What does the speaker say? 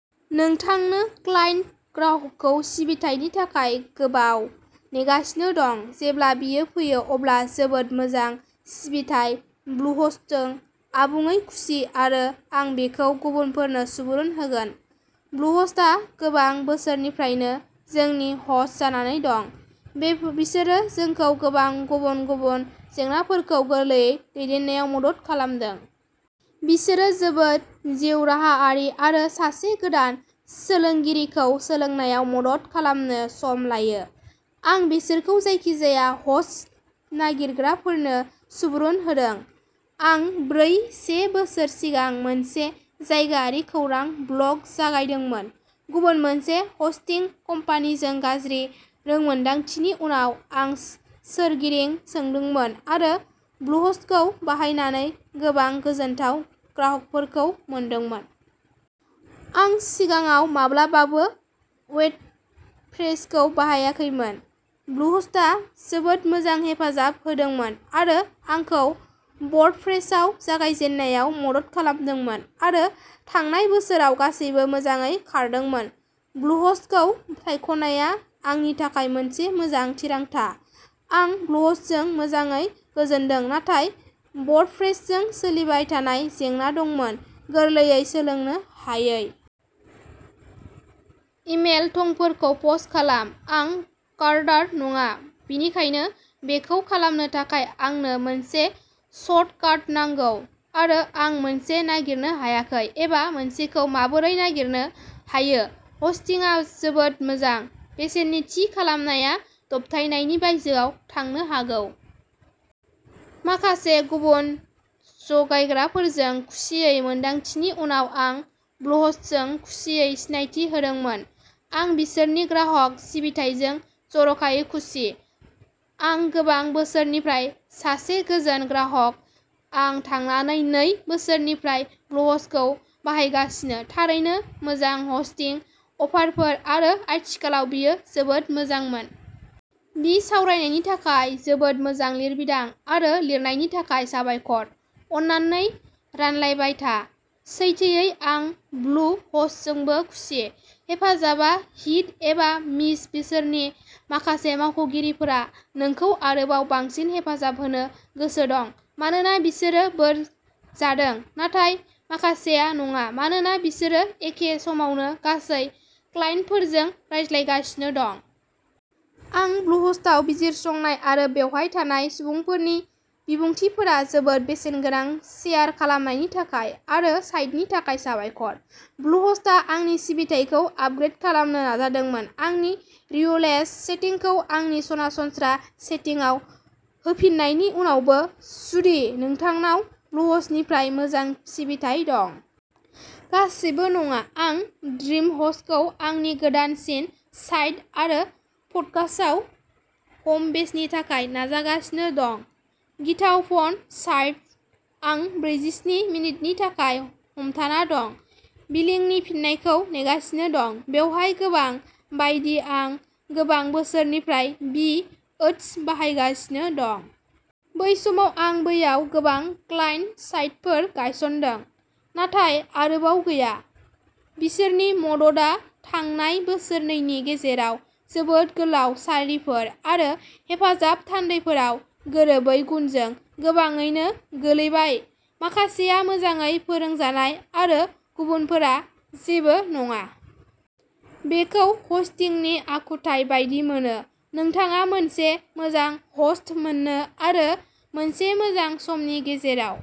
नोंथांनो क्लायन्ट ग्राहक सिबिथायनि थाखाय गोबाव नेगासिनो दं। जेब्ला बेयो फैयो अब्ला जोबोद मोजां सिबिथाइ ब्लुहस्टजों आबुङै खुसि आरो आं बेखौ गुबुनफोरनो सुबुरुन होगोन। ब्लुहस्टआ गोबां बोसोरनिफ्राय जोंनि हस्ट जानानै दं। बिसोरो जोंखौ गोबां गुबुन गुबुन जेंनाफोरखौ गोरलैयै दैदेननायाव मदद खालामदों। बिसोरो जोबोद जिउराहायारि आरो सासे गोदान सोलोंगिरिखौ सोलोंनायाव मदद खालामनो सम लायो। आं बिसोरखौ जायखिजाया हस्ट नागिरग्राफोरनो सुबुरुन होदों। आं ब्रै से बोसोर सिगां मोनसे जायगायारि खौरां ब्लग जागायदोंमोन। गुबुन मोनसे हस्टिं कम्पानिजों गाज्रि रोंमोनदांथिनि उनाव आं सोरगिदिं सोंदोंमोन आरो ब्लुहस्टखौ बाहायनानै गोबां गोजोनथाव ग्राहकफोर मोनदोंमोन। आं सिगाङाव माब्लाबाबो वर्डप्रेसखौ बाहायाखैमोन। ब्लुहस्टआ जोबोद मोजां हेफाजाब होदोंमोन आरो आंखौ वर्डप्रेसआव जागायजेननायाव मदद खालामदोंमोन आरो थांनाय बोसोराव गासैबो मोजाङै खारदोंमोन। ब्लुहस्टखौ सायख'नाया आंनि थाखाय मोनसे मोजां थिरांथा। आं ब्लुहस्टजों मोजाङै गोजोनदों नाथाय वर्डप्रेसजों सोलिबाय थानाय जेंना दंमोन गोरलैयै सोलोंनो हायै। इमेल थंफोरखौ पस्ट खालाम। आं कडार नङा बेनिखायनो बेखौ खालामनो थाखाय आंनो मोनसे सर्टकाट नांगौ आरो आं मोनसे नागिरनो हायाखै एबा मोनसेखौ माबोरै नागिरनो हायो हस्टिंआ जोबोद मोजां। बेसेन थि खालामनाया दबथायनायनि बायजोआव थांनो हागौ। माखासे गुबुन जगायग्राफोरजों सुखुयै मोन्दांथिनि उनाव आं ब्लुहस्टजों खुसियै सिनायथि होदोंमोन। आं बिसोरनि ग्राहक सिबिथाइजों जर'खायै खुसि। आं गोबां बोसोरनिफ्राय सासे गोजोन ग्राहक आं थांनाय नै बोसोरनिफ्राय ब्लुहस्टखौ बाहायगासिनो थारैनो मोजां हस्टिं अफारफोर आरो आथिखालाव बेयो जोबोद मोजांमोन। बिसावरायनायनि थाखाय जोबोद मोजां लिरबिदां आरो लिरनायनि थाखाय साबायखर। अन्नानै रानलायबाय था। सैथोयै आं ब्लु हस्टजोंबो खुसि। हेफाजाबआ हिट एबा मिस बिसोरनि माखासे मावख'गिरिफोरा नोंखौ आरोबाव बांसिन हेफाजाब होनो गोसो दं मानोना बिसोरो बोर जादों नाथाय माखासेआ नङा मानोना बिसोरो एखे समावनो गासै क्लाइन्टफोरजों रायज्लांगासिनो दं। आं ब्लुहस्टआव बिजिरसंनाय आरो बेवहाय थानाय सुबुंफोरनि बिबुंथिफोरा जोबोद बेसेनगोनां शेयार खालामनायनि थाखाय आरो साइटनि थाखाय साबायखर! ब्लुहस्टआ आंनि सिबिथायखौ आपग्रेद खालामनो नाजादोंमोन आंनि रिन्युएल सेटिंखौ आंनि सरासनस्रा सेटिंसआव होफिननायनि उनावबो। जुदि नोंथांनाव ब्लुहस्टनिफ्राय मोजां सिबिथाइ दं। गासैबो नङा। आं ड्रिमहस्टखौ आंनि गोदानसिन साइट आरो पडकास्ट हम बेसनि थाखाय नाजागासिनो दं। गिथाव फन सायेट आं ब्रैजिस्नि मिनिटनि थाखाय हमथाना दं बिलिंनि फिननायखौ नेगासिनो दं। बेवहाय गोबां बायदि आं गोबां बोसोरनिफ्राय बि ओस बाहायगासिनो दं। बै समाव आं बैयाव गोबां क्लाइन्ट साइटफोर गायस'नदों। नाथाय आरोबाव गैया। बिसोरनि मददआ थांनाय बोसोरनैनि गेजेराव जोबोद गोलाव सारिफोर आरो हेफाजाब थान्दैफोराव गोरोबै गुनजों गोबाङैनो गोग्लैबाय माखासेआ मोजाङै फोरोंजानाय आरो गुबुनफोरा जेबो नङा। बेखौ हस्टिंनि आखुथाय बायदि मोनो। नोंथाङा मोनसे मोजां हस्ट मोनो आरो मोनसे मोजां समनि गेजेराव।